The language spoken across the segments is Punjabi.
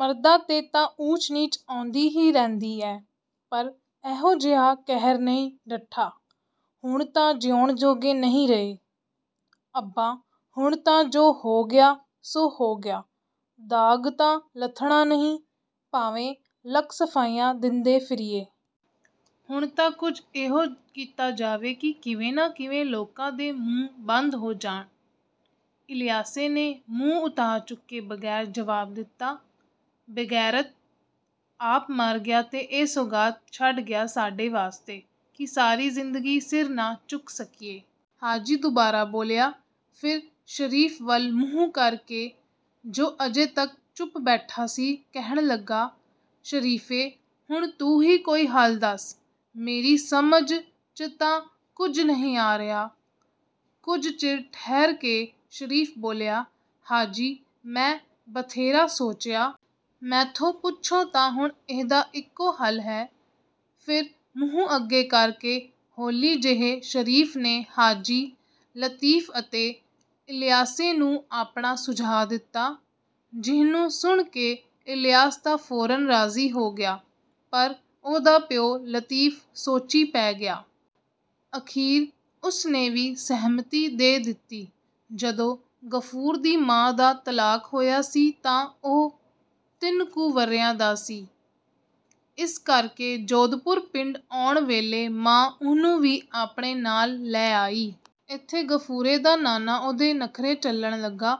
ਮਰਦਾਂ 'ਤੇ ਤਾਂ ਊਚ-ਨੀਚ ਆਉਂਦੀ ਹੀ ਰਹਿੰਦੀ ਐ, ਪਰ ਐਹੋ ਜਿਹਾ ਕਹਿਰ ਨਹੀਂ ਢੱਠਾ। ਹੁਣ ਤਾਂ ਜਿਉਣ-ਜੋਗੇ ਨਹੀਂ ਰਹੇ। "ਅੱਬਾ, ਹੁਣ ਤਾਂ ਜੋ ਹੋ ਗਿਆ, ਸੋ ਹੋ ਗਿਆ। ਦਾਗ ਤਾਂ ਲੱਥਣਾ ਨਹੀਂ, ਭਾਵੇਂ ਲੱਖ ਸਫ਼ਾਈਆਂ ਦਿੰਦੇ ਫਿਰੀਏ। ਹੁਣ ਤਾਂ ਕੁਝ ਇਉਂ ਕੀਤਾ ਜਾਵੇ ਕਿ ਕਿਵੇਂ ਨਾ ਕਿਵੇਂ ਲੋਕਾਂ ਦੇ ਮੂੰਹ ਬੰਦ ਹੋ ਜਾਣ।" ਇਲਿਆਸੇ ਨੇ ਮੂੰਹ ਉਤਾਂਹ ਚੁੱਕੇ ਬਗੈਰ ਜਵਾਬ ਦਿੱਤਾ। "ਬੇਗੈਰਤ, ਆਪ ਮਰ ਗਿਆ ਤੇ ਇਹ ਸੌਗਾਤ ਛੱਡ ਗਿਆ ਸਾਡੇ ਵਾਸਤੇ, ਕਿ ਸਾਰੀ ਜ਼ਿੰਦਗੀ ਸਿਰ ਨਾ ਚੁੱਕ ਸਕੀਏ।" ਹਾਜੀ ਦੁਬਾਰਾ ਬੋਲਿਆ। ਫਿਰ ਸ਼ਰੀਫ ਵੱਲ ਮੂੰਹ ਕਰ ਕੇ, ਜੋ ਅਜੇ ਤੱਕ ਚੁੱਪ ਬੈਠਾ ਸੀ, ਕਹਿਣ ਲੱਗਾ, "ਸ਼ਰੀਫੇ, ਹੁਣ ਤੂੰ ਹੀ ਕੋਈ ਹੱਲ ਦੱਸ। ਮੇਰੀ ਸਮਝ 'ਚ ਤਾਂ ਕੁਝ ਨਹੀਂ ਆ ਰਿਹਾ।" ਕੁਝ ਚਿਰ ਠਹਿਰ ਕੇ ਸ਼ਰੀਫ ਬੋਲਿਆ, "ਹਾਜੀ, ਮੈਂ ਬਥੇਰਾ ਸੋਚਿਆ। ਮੈਥੋਂ ਪੁੱਛੋ ਤਾਂ ਹੁਣ ਇਹਦਾ ਇੱਕੋ ਹੱਲ ਹੈ।" ਫਿਰ ਮੂੰਹ ਅੱਗੇ ਕਰ ਕੇ ਹੌਲੀ ਜਿਹੇ ਸ਼ਰੀਫ ਨੇ ਹਾਜੀ, ਲਤੀਫ ਅਤੇ ਇਲਿਆਸੇ ਨੂੰ ਆਪਣਾ ਸੁਝਾਅ ਦਿੱਤਾ, ਜਿਹਨੂੰ ਸੁਣ ਕੇ ਇਲਿਆਸ ਤਾਂ ਫੌਰਨ ਰਾਜ਼ੀ ਹੋ ਗਿਆ, ਪਰ ਉਹਦਾ ਪਿਓ ਲਤੀਫ ਸੋਚੀਂ ਪੈ ਗਿਆ। ਅਖੀਰ ਉਸ ਨੇ ਵੀ ਸਹਿਮਤੀ ਦੇ ਦਿੱਤੀ। ਜਦੋਂ ਗਫੂਰ ਦੀ ਮਾਂ ਦਾ ਤਲਾਕ ਹੋਇਆ ਸੀ ਤਾਂ ਉਹ ਤਿੰਨ ਕੁ ਵਰ੍ਹਿਆਂ ਦਾ ਸੀ। ਇਸ ਕਰ ਕੇ ਜੋਧਪੁਰ ਪਿੰਡ ਆਉਣ ਵੇਲੇ ਮਾਂ ਉਹਨੂੰ ਵੀ ਆਪਣੇ ਨਾਲ ਲੈ ਆਈ। ਏਥੇ ਗਫੂਰੇ ਦਾ ਨਾਨਾ ਉਹਦੇ ਨਖਰੇ ਝੱਲਣ ਲੱਗਾ।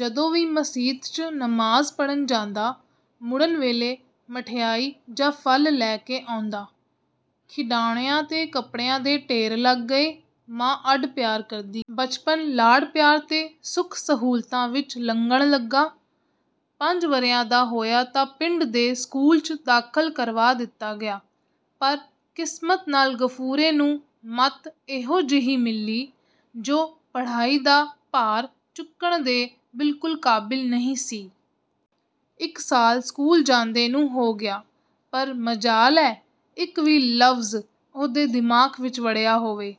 ਜਦੋਂ ਵੀ ਮਸੀਤ 'ਚ ਨਮਾਜ਼ ਪੜ੍ਹਨ ਜਾਂਦਾ, ਮੁੜਨ ਵੇਲੇ ਮਠਿਆਈ ਜਾਂ ਫਲ ਲੈ ਕੇ ਆਉਂਦਾ। ਖਿਡਾਉਣਿਆਂ ਤੇ ਕੱਪੜਿਆਂ ਦੇ ਢੇਰ ਲੱਗ ਗਏ। ਮਾਂ ਅੱਡ ਪਿਆਰ ਕਰਦੀ। ਬਚਪਨ ਲਾਡ-ਪਿਆਰ ਤੇ ਸੁਖ-ਸਹੂਲਤਾਂ ਵਿਚ ਲੰਘਣ ਲੱਗਾ। ਪੰਜ ਵਰ੍ਹਿਆਂ ਦਾ ਹੋਇਆ ਤਾਂ ਪਿੰਡ ਦੇ ਸਕੂਲ 'ਚ ਦਾਖਲ ਕਰਵਾ ਦਿੱਤਾ ਗਿਆ, ਪਰ ਕਿਸਮਤ ਨਾਲ ਗਫੂਰੇ ਨੂੰ ਮੱਤ ਇਹੋ ਜਿਹੀ ਮਿਲੀ, ਜੋ ਪੜ੍ਹਾਈ ਦਾ ਭਾਰ ਚੁੱਕਣ ਦੇ ਬਿਲਕੁਲ ਕਾਬਿਲ ਨਹੀਂ ਸੀ। ਇੱਕ ਸਾਲ ਸਕੂਲ ਜਾਂਦੇ ਨੂੰ ਹੋ ਗਿਆ, ਪਰ ਮਜਾਲ ਐ, ਇੱਕ ਵੀ ਲਫ਼ਜ਼ ਉਹਦੇ ਦਿਮਾਗ ਵਿਚ ਵੜਿਆ ਹੋਵੇ।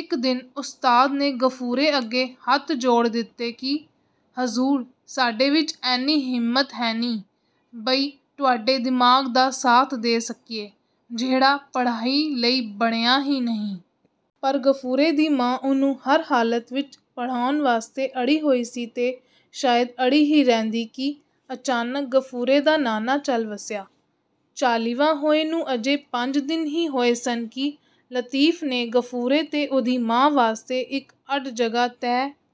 ਇੱਕ ਦਿਨ ਉਸਤਾਦ ਨੇ ਗਫੂਰੇ ਅੱਗੇ ਹੱਥ ਜੋੜ ਦਿੱਤੇ ਕਿ, "ਹਜ਼ੂਰ, ਸਾਡੇ ਵਿਚ ਐਨੀ ਹਿੰਮਤ ਹੈਨੀ, ਬਈ ਤੁਹਾਡੇ ਦਿਮਾਗ ਦਾ ਸਾਥ ਦੇ ਸਕੀਏ, ਜਿਹੜਾ ਪੜ੍ਹਾਈ ਲਈ ਬਣਿਆ ਹੀ ਨਹੀਂ।" ਪਰ ਗਫੂਰੇ ਦੀ ਮਾਂ ਉਹਨੂੰ ਹਰ ਹਾਲਤ ਵਿਚ ਪੜ੍ਹਾਉਣ ਵਾਸਤੇ ਅੜੀ ਹੋਈ ਸੀ ਤੇ ਸ਼ਾਇਦ ਅੜੀ ਹੀ ਰਹਿੰਦੀ ਕਿ ਅਚਾਨਕ ਗਫੂਰੇ ਦਾ ਨਾਨਾ ਚੱਲ ਵਸਿਆ। ਚਾਲ੍ਹੀਵਾਂ ਹੋਏ ਨੂੰ ਅਜੇ ਪੰਜ ਦਿਨ ਹੀ ਹੋਏ ਸਨ ਕਿ ਲਤੀਫ ਨੇ ਗਫੂਰੇ ਤੇ ਉਹਦੀ ਮਾਂ ਵਾਸਤੇ ਇੱਕ ਅੱਡ ਜਗ੍ਹਾ ਤੈਅ...